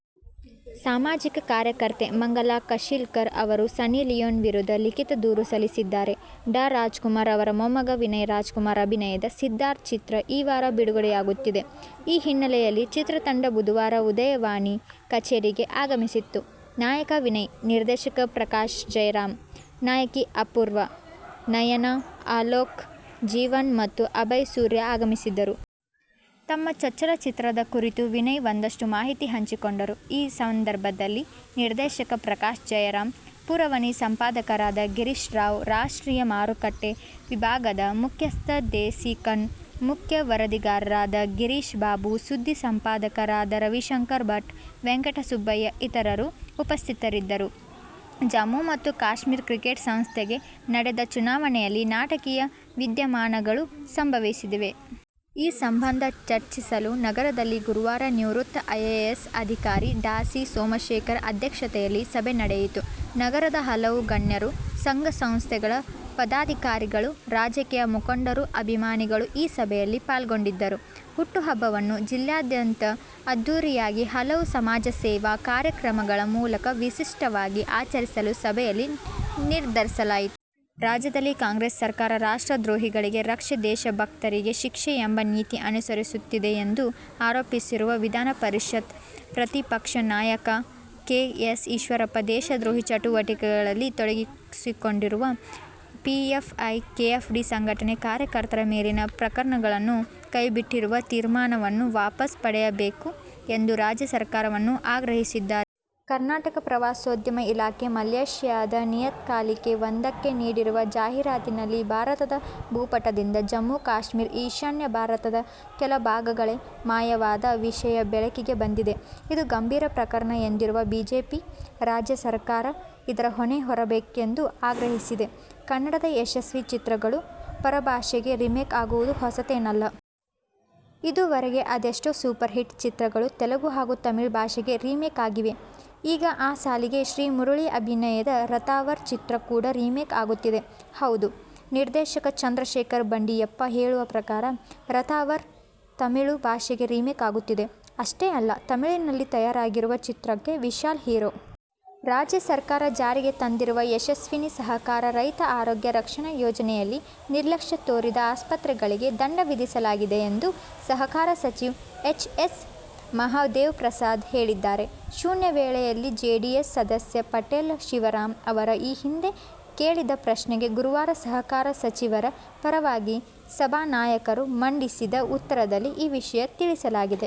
ಸಾಮಾಜಿಕ ಕಾರ್ಯಕರ್ತೆ ಮಂಗಲಾ ಕಶೀಲಕರ ಅವರು ಸನ್ನಿ ಲಿಯೋನ್ ವಿರುದ್ಧ ಲಿಖೀತ ದೂರು ಸಲ್ಲಿಸಿದ್ದಾರೆ. ಡಾ ರಾಜ್ಕುಮಾರ್ ಅವರ ಮೊಮ್ಮಗ ವಿನಯ್ ರಾಜ್ಕುಮಾರ್ ಅಭಿನಯದ "ಸಿದ್ಧಾರ್ಥ' ಚಿತ್ರ ಈ ವಾರ ಬಿಡುಗಡೆಯಾಗುತ್ತಿದೆ. ಈ ಹಿನ್ನೆಲೆಯಲ್ಲಿ ಚಿತ್ರತಂಡ ಬುಧವಾರ "ಉದಯವಾಣಿ' ಕಚೇರಿಗೆ ಆಗಮಿಸಿತ್ತು. ನಾಯಕ ವಿನಯ್, ನಿರ್ದೇಶಕ ಪ್ರಕಾಶ್ ಜಯರಾಮ್, ನಾಯಕಿ ಅಪೂರ್ವ, ನಯನಾ, ಅಲೋಕ್, ಜೀವನ್ ಮತ್ತು ಅಭಯ್ ಸೂರ್ಯ ಆಗಮಿಸಿದ್ದರು. ತಮ್ಮ ಚೊಚ್ಚಲ ಚಿತ್ರದ ಕುರಿತು ವಿನಯ್ ಒಂದಷ್ಟು ಮಾಹಿತಿ ಹಂಚಿಕೊಂಡರು. ಈ ಸಂದರ್ಭದಲ್ಲಿ ನಿರ್ದೇಶಕ ಪ್ರಕಾಶ್ ಜಯರಾಮ್, ಪುರವಣಿ ಸಂಪಾದಕರಾದ ಗಿರೀಶ್ರಾವ್, ರಾಷ್ಟ್ರೀಯ ಮಾರುಕಟ್ಟೆ ವಿಭಾಗದ ಮುಖ್ಯಸ್ಥ ದೇಸಿಕನ್, ಮುಖ್ಯ ವರದಿಗಾರರಾದ ಗಿರೀಶ್ ಬಾಬು, ಸುದ್ದಿ ಸಂಪಾದಕರಾದ ರವಿಶಂಕರ್ ಭಟ್, ವೆಂಕಟಸುಬ್ಬಯ್ಯ ಇತರರು ಉಪಸ್ಥಿತರಿದ್ದರು. ಜಮ್ಮು ಮತ್ತು ಕಾಶ್ಮೀರ ಕ್ರಿಕೆಟ್ ಸಂಸ್ಥೆಗೆ ನಡೆದ ಚುನಾವಣೆಯಲ್ಲಿ ನಾಟಕೀಯ ವಿದ್ಯಮಾನಗಳು ಸಂಭವಿಸಿವೆ. ಈ ಸಂಬಂಧ ಚರ್ಚಿಸಲು ನಗರದಲ್ಲಿ ಗುರುವಾರ ನಿವೃತ್ತ ಐಎಎಸ್ ಅಧಿಕಾರಿ ಡಾ. ಸಿ. ಸೋಮಶೇಖರ್ ಅಧ್ಯಕ್ಷತೆಯಲ್ಲಿ ಸಭೆ ನಡೆಯಿತು. ನಗರದ ಹಲವು ಗಣ್ಯರು, ಸಂಘ-ಸಂಸ್ಥೆಗಳ ಪದಾಧಿಕಾರಿಗಳು, ರಾಜಕೀಯ ಮುಖಂಡರು, ಅಭಿಮಾನಿಗಳು ಈ ಸಭೆಯಲ್ಲಿ ಪಾಲ್ಗೊಂಡಿದ್ದರು. ಹುಟ್ಟುಹಬ್ಬವನ್ನು ಜಿಲ್ಲೆಯಾದ್ಯಂತ ಅದ್ಧೂರಿಯಾಗಿ, ಹಲವು ಸಮಾಜಸೇವಾ ಕಾರ್ಯಕ್ರಮಗಳ ಮೂಲಕ ವಿಶಿಷ್ಟವಾಗಿ ಆಚರಿಸಲು ಸಭೆಯಲ್ಲಿ ನಿರ್ಧರಿಸಲಾಯಿತು. ರಾಜ್ಯದಲ್ಲಿ ಕಾಂಗ್ರೆಸ್ ಸರ್ಕಾರ "ರಾಷ್ಟ್ರ ದ್ರೋಹಿಗಳಿಗೆ ರಕ್ಷೆ-ದೇಶ ಭಕ್ತರಿಗೆ ಶಿಕ್ಷೆ' ಎಂಬ ನೀತಿ ಅನುಸರಿಸುತ್ತಿದೆ ಎಂದು ಆರೋಪಿಸಿರುವ ವಿಧಾನಪರಿಷತ್ ಪ್ರತಿಪಕ್ಷ ನಾಯಕ ಕೆ. ಎಸ್. ಈಶ್ವರಪ್ಪ, ದೇಶದ್ರೋಹಿ ಚಟುವಟಿಕೆಗಳಲ್ಲಿ ತೊಡಗಿಸಿಕೊಂಡಿರುವ ಪಿಎಫ್ಐ, ಕೆಎಫ್ಡಿ ಸಂಘಟನೆಯ ಕಾರ್ಯಕರ್ತರ ಮೇಲಿನ ಪ್ರಕರಣಗಳನ್ನು ಕೈಬಿಟ್ಟಿರುವ ತೀರ್ಮಾನವನ್ನು ವಾಪಸ್ ಪಡೆಯಬೇಕು ಎಂದು ರಾಜ್ಯ ಸರ್ಕಾರವನ್ನು ಆಗ್ರಹಿಸಿದ್ದಾರೆ. ಕರ್ನಾಟಕ ಪ್ರವಾಸೋದ್ಯಮ ಇಲಾಖೆ ಮಲೇಷ್ಯಾದ ನಿಯತಕಾಲಿಕೆ ಒಂದಕ್ಕೆ ನೀಡಿರುವ ಜಾಹೀರಾತಿನಲ್ಲಿ ಭಾರತದ ಭೂಪಟದಿಂದ ಜಮ್ಮು- ಕಾಶ್ಮೀರ, ಈಶಾನ್ಯ ಭಾರತದ ಕೆಲ ಭಾಗಗಳೇ ಮಾಯವಾದ ವಿಷಯ ಬೆಳಕಿಗೆ ಬಂದಿದೆ. ಇದು ಗಂಭೀರ ಪ್ರಕರಣ ಎಂದಿರುವ ಬಿಜೆಪಿ, ರಾಜ್ಯ ಸರ್ಕಾರ ಇದರ ಹೊಣೆ ಹೊರಬೇಕೆಂದು ಆಗ್ರಹಿಸಿದೆ. ಕನ್ನಡದ ಯಶಸ್ವಿ ಚಿತ್ರಗಳು ಪರಭಾಷೆಗೆ ರಿಮೇಕ್ ಆಗುವುದು ಹೊಸತೇನಲ್ಲ. ಇದುವರೆಗೆ ಅದೆಷ್ಟೋ ಸೂಪರ್ ಹಿಟ್ ಚಿತ್ರಗಳು ತೆಲುಗು ಹಾಗು ತಮಿಳು ಭಾಷೆಗೆ ರಿಮೇಕ್ ಆಗಿವೆ. ಈಗ ಆ ಸಾಲಿಗೆ ಶ್ರೀಮುರಳಿ ಅಭಿನಯದ "ರಥಾವರ' ಚಿತ್ರ ಕೂಡ ರಿಮೇಕ್ ಆಗುತ್ತಿದೆ. ಹೌದು, ನಿರ್ದೇಶಕ ಚಂದ್ರಶೇಖರ್ ಬಂಡಿಯಪ್ಪ ಹೇಳುವ ಪ್ರಕಾರ, "ರಥಾವರ' ತಮಿಳು ಭಾಷೆಗೆ ರಿಮೇಕ್ ಆಗುತ್ತಿದೆ. ಅಷ್ಟೇ ಅಲ್ಲ, ತಮಿಳಿನಲ್ಲಿ ತಯಾರಾಗುವ ಚಿತ್ರಕ್ಕೆ ವಿಶಾಲ್ ಹೀರೋ. ರಾಜ್ಯ ಸರ್ಕಾರ ಜಾರಿಗೆ ತಂದಿರುವ ಯಶಸ್ವಿನಿ ಸಹಕಾರ ರೈತರ ಆರೋಗ್ಯ ರಕ್ಷಣಾ ಯೋಜನೆಯಲ್ಲಿ ನಿರ್ಲಕ್ಷ್ಯ ತೋರಿದ ಆಸ್ಪತ್ರೆಗಳಿಗೆ ದಂಡ ವಿಧಿಸಲಾಗಿದೆ ಎಂದು ಸಹಕಾರ ಸಚಿವ ಎಚ್. ಎಸ್. ಮಹದೇವಪ್ರಸಾದ್ ಹೇಳಿದ್ದಾರೆ. ಶೂನ್ಯವೇಳೆಯಲ್ಲಿ ಜೆಡಿಎಸ್ ಸದಸ್ಯ ಪಟೇಲ್ ಶಿವರಾಮ್ ಅವರು ಈ ಹಿಂದೆ ಕೇಳಿದ್ದ ಪ್ರಶ್ನೆಗೆ ಗುರುವಾರ ಸಹಕಾರ ಸಚಿವರ ಪರವಾಗಿ ಸಭಾನಾಯಕರು ಮಂಡಿಸಿದ ಉತ್ತರದಲ್ಲಿ ಈ ವಿಷಯ ತಿಳಿಸಲಾಗಿದೆ.